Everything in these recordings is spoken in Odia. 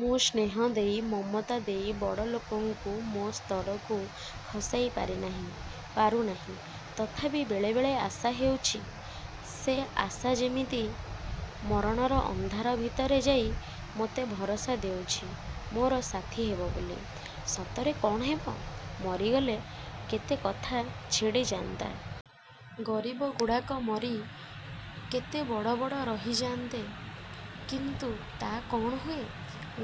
ମୁଁ ସ୍ନେହ ଦେଇ, ମମତା ଦେଇ ବଡ଼ଲୋକଙ୍କୁ ମୋ ସ୍ତରକୁ ଖସାଇ ପାରିନାହିଁ। ପାରୁନାହିଁ। ତଥାପି ବେଳେବେଳେ ଆଶା ହେଉଛି। ସେ ଆଶା ଯେମିତି ମରଣର ଅନ୍ଧାର ଭିତରେ ଯାଇ ମୋତେ ଭରସା ଦେଉଛି ମୋର ସାଥୀ ହେବ ବୋଲି। ସତରେ କ'ଣ ହେବ? ମରିଗଲେ କେତେ କଥା ଛିଡ଼ି ଯାଆନ୍ତା। ଗରିବଗୁଡ଼ାକ ମରି, କେତେ ବଡ଼ବଡ଼ ରହିଯାଆନ୍ତେ। କିନ୍ତୁ ତା' କ'ଣ ହୁଏ?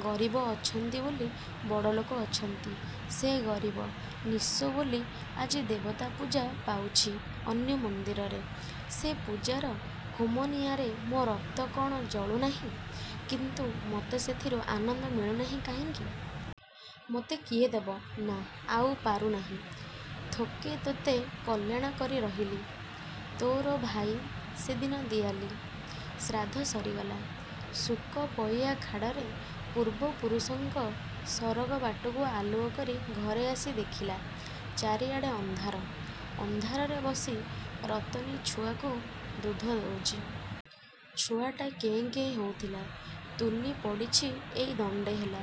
ଗରିବ ଅଛନ୍ତି ବୋଲି ବଡ଼ଲୋକ ଅଛନ୍ତି। ସେ ଗରିବ, ନିଃସ୍ୱ ବୋଲି ଆଜି ଦେବତା ପୂଜା ପାଉଛି ଅନ୍ୟ ମନ୍ଦିରରେ। ସେ ପୂଜାର ହୋମନିଆଁରେ ମୋ ରକ୍ତ କ'ଣ ଜଳୁ ନାହିଁ? କିନ୍ତୁ ମୋତେ ସେଥିରୁ ଆନନ୍ଦ ମିଳୁ ନାହିଁ କାହିଁକି? ମୋତେ କିଏ ଦେବ? ନା, ଆଉ ପାରୁନାହିଁ। ଥୋକେ ତୋତେ କଲ୍ୟାଣ କରି ରହିଲି। ତୋର ଭାଇ ସେଦିନ ଦିଆଲି। ଶ୍ରାଦ୍ଧ ସରିଗଲା। ଶୁକ ପଇଁଆ ଖାଡ଼ରେ ପୂର୍ବପୁରୁଷଙ୍କ ସରଗ ବାଟକୁ ଆଲୁଅ କରି ଘରେ ଆସି ଦେଖିଲା, ଚାରିଆଡ଼େ ଅନ୍ଧାର। ଅନ୍ଧାରରେ ବସି ରତନୀ ଛୁଆକୁ ଦୁଧ ଦଉଚି। ଛୁଆଟା କେଁ କେଁ ହଉଥିଲା, ତୁନି ପଡ଼ିଚି ଏଇ ଦଣ୍ଡେ ହେଲା।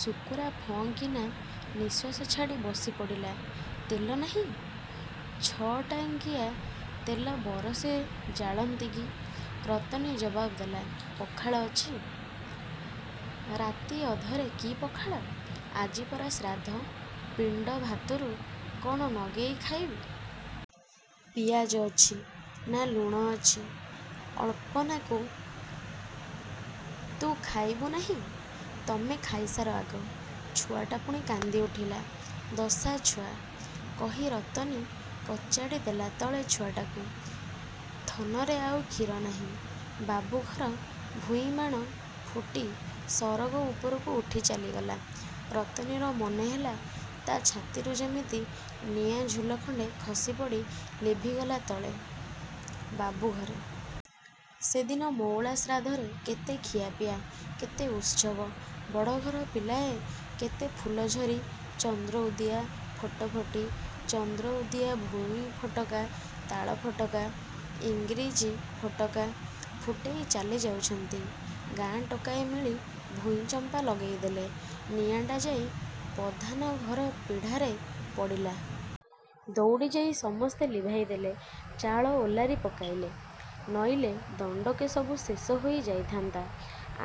ଶୁକୁରା ଫଁ କିନା ନିଃଶ୍ୱାସ ଛାଡ଼ି ବସି ପଡ଼ିଲା।“ତେଲ ନାହିଁ?”“ଛଟାଙ୍କିଏ ତେଲ ବରଷେ ଜାଳନ୍ତି କି?” ରତନୀ ଜବାବ ଦେଲା।“ପଖାଳ ଅଛି?”“ରାତିଅଧରେ କି ପଖାଳ? ଆଜି ପରା ଶ୍ରାଦ୍ଧ! ପିଣ୍ଡ ଭାତରୁ”“କ'ଣ ନଗେଇ ଖାଇବି? ପିଆଜ ଅଛି?”ନା।“ଲୁଣ?”“ଅଛି, ଅଳ୍ପନାକୁ।”“ତୁ ଖାଇବୁ ନାହିଁ?”“ତମେ ଖଇସାର, ଆଗ।”ଛୁଆଟା ପୁଣି କାନ୍ଦି ଉଠିଲା।“ଦଶା ଛୁଆ!” କହି ରତନୀ କଚାଡ଼ି ଦେଲା ତଳେ ଛୁଆଟାକୁ। ଥନରେ ଆଉ କ୍ଷୀର ନାହିଁ। ବାବୁଘର ଭୂଇଁବାଣ ଫୁଟି ସରଗ ଉପରକୁ ଉଠି ଚାଲିଗଲା। ରତନୀର ମନେ ହେଲା, ତା' ଛାତିରୁ ଯେମିତି ନିଆଁ ଝୁଲଖଣ୍ଡେ ଖସିପଡ଼ି ଲିଭିଗଲା ତଳେ! ବାବୁଘରେ ସେଦିନ ମଉଳା ଶ୍ରାଦ୍ଧରେ କେତେ ଖିଆପିଆ, କେତେ ଉତ୍ସବ! ବଡ଼ଘର ପିଲାଏ କେତେ ଫୁଲଝରି, ଚନ୍ଦ୍ରଉଦିଆ, ଫଟଫଟି, ଚନ୍ଦ୍ରଉଦିଆ ଭୂଇଁ ଫଟକା, ତାଳ ଫଟକା, ଇଂରିଜୀ ଫଟକା ଫୁଟେଇ ଚାଲିଯାଉଛନ୍ତି। ଗାଁ ଟୋକାଏ ମିଳି ଭୂଇଁଚମ୍ପା ଲଗେଇ ଦେଲେ। ନିଆଁଟା ଯାଇ ପଧାନ ଘର ପିଢ଼ାରେ ପଡ଼ିଲା। ଦଉଡ଼ି ଯାଇ ସମସ୍ତେ ଲିଭାଇ ଦେଲେ, ଚାଳ ଓଲାରି ପକେଇଲେ। ନଇଲେ ଦଣ୍ଡକେ ସବୁ ଶେଷ ହେଇ ଯାଇଥାନ୍ତା।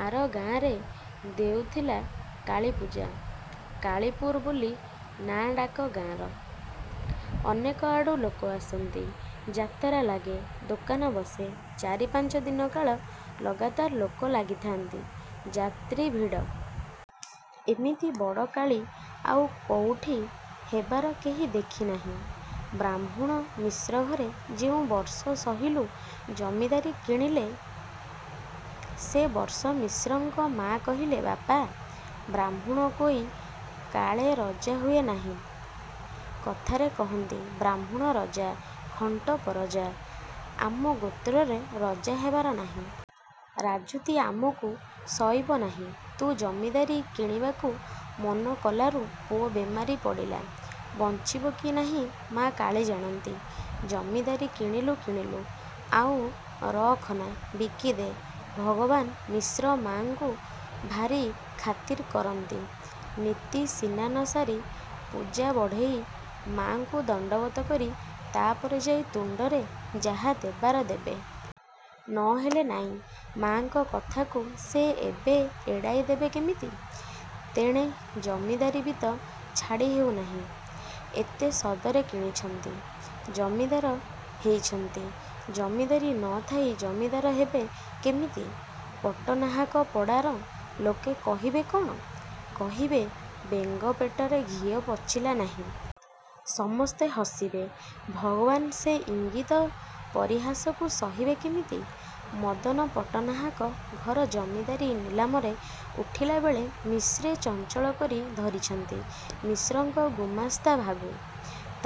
ଆର ଗାଁରେ ହେଉଥିଲା କାଳୀପୂଜା। ‘କାଳୀପୁର’ ବୋଲି ନାଆଁ ଡାକ ଗାଁର। ଅନେକ ଆଡ଼ୁ ଲୋକ ଆସନ୍ତି। ଯାତରା ଲାଗେ, ଦୋକାନ ବସେ। ଚାରିପାଞ୍ଚ ଦିନ କାଳ ଲଗାତାର ଲୋକ ଲାଗିଥାନ୍ତି, ଯାତ୍ରୀ ଭିଡ଼। ଏମିତି ବଡ଼ କାଳୀ ଆଉ କେଉଁଠି ହେବାର କେହି ଦେଖି ନାହିଁ। ବାହ୍ମୁଣ ମିଶ୍ରଘରେ ଯେଉଁ ବର୍ଷ ସହିଲୁ ଜମିଦାରୀ କିଣିଲେ, ସେ ବର୍ଷ ମିଶ୍ରଙ୍କ ମା' କହିଲେ“ବାପା, ବାହ୍ମୁଣ କୋଇ କାଳେ ରଜା ହୁଏ ନାହିଁ। କଥାରେ କହନ୍ତି ବାହ୍ମୁଣ ରଜା, ଖଣ୍ଟ ପରଜା। ଆମ ଗୋତ୍ରରେ ରଜା ହେବାର ନାହିଁ। ରାଜୁତି ଆମକୁ ସଇବ ନାହିଁ। ତୁ ଜମିଦାରୀ କିଣିବାକୁ ମନ କଲାରୁ ପୁଅ ବେମାରି ପଡ଼ିଲା। ବଞ୍ଚିବ କି ନାହିଁ ମା' କାଳୀ ଜାଣନ୍ତି। ଜମିଦାରୀ କିଣିଲୁ କିଣିଲୁ, ଆଉ ରଖନା ବିକି ଦେ।”ଭଗବାନ ମିଶ୍ରେ ମା'ଙ୍କୁ ଭାରି ଖାତିର କରନ୍ତି। ନିତି ସିନାନ ସାରି, ପୂଜା ବଢ଼େଇ, ମା'ଙ୍କୁ ଦଣ୍ଡବତ କରି, ତା'ପରେ ଯାଇ ତୁଣ୍ଡରେ ଯାହା ଦେବାର ଦେବେ। ନ ହେଲେ ନାହିଁ। ମା'ଙ୍କ କଥାକୁ ସେ ଏବେ ଏଡ଼ାଇ ଦେବେ କେମିତି? ତେଣେ ଜମିଦାରୀ ବି ତ ଛାଡ଼ି ହେଉ ନାହିଁ। ଏତେ ସଦରେ କିଣିଛନ୍ତି। ଜମିଦାର ହେଇଛନ୍ତି। ଜମିଦାରୀ ନ ଥାଇ ଜମିଦାର ହେବେ କେମିତି? ପଟ୍ଟନାହାକ ପଡ଼ାର ଲୋକେ କହିବେ କ'ଣ? କହିବେ ବେଙ୍ଗ ପେଟରେ ଘିଅ ପଚିଲା ନାହିଁ। ସମସ୍ତେ ହସିବେ। ଭଗବାନ ସେ ଇଙ୍ଗିତ ପରିହାସକୁ ସହିବେ କେମିତି? ମଦନ ପଟ୍ଟନାହାକ ଘର ଜମିଦାରୀ ନିଲାମରେ ଉଠିଲାବେଳେ ମିଶ୍ରେ ଚଞ୍ଚକ କରି ଧରିଛନ୍ତି। ମିଶ୍ରଙ୍କ ଗୁମାସ୍ତା ଭାଗୁ।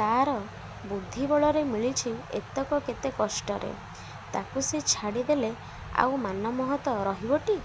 ତା'ର ବୁଦ୍ଧିବଳରେ ମିଳିଛି ଏତକ କେତେ କଷ୍ଟରେ। ତାକୁ ସେ ଛାଡ଼ି ଦେଲେ ଆଉ ମାନମହତ ରହିବଟି!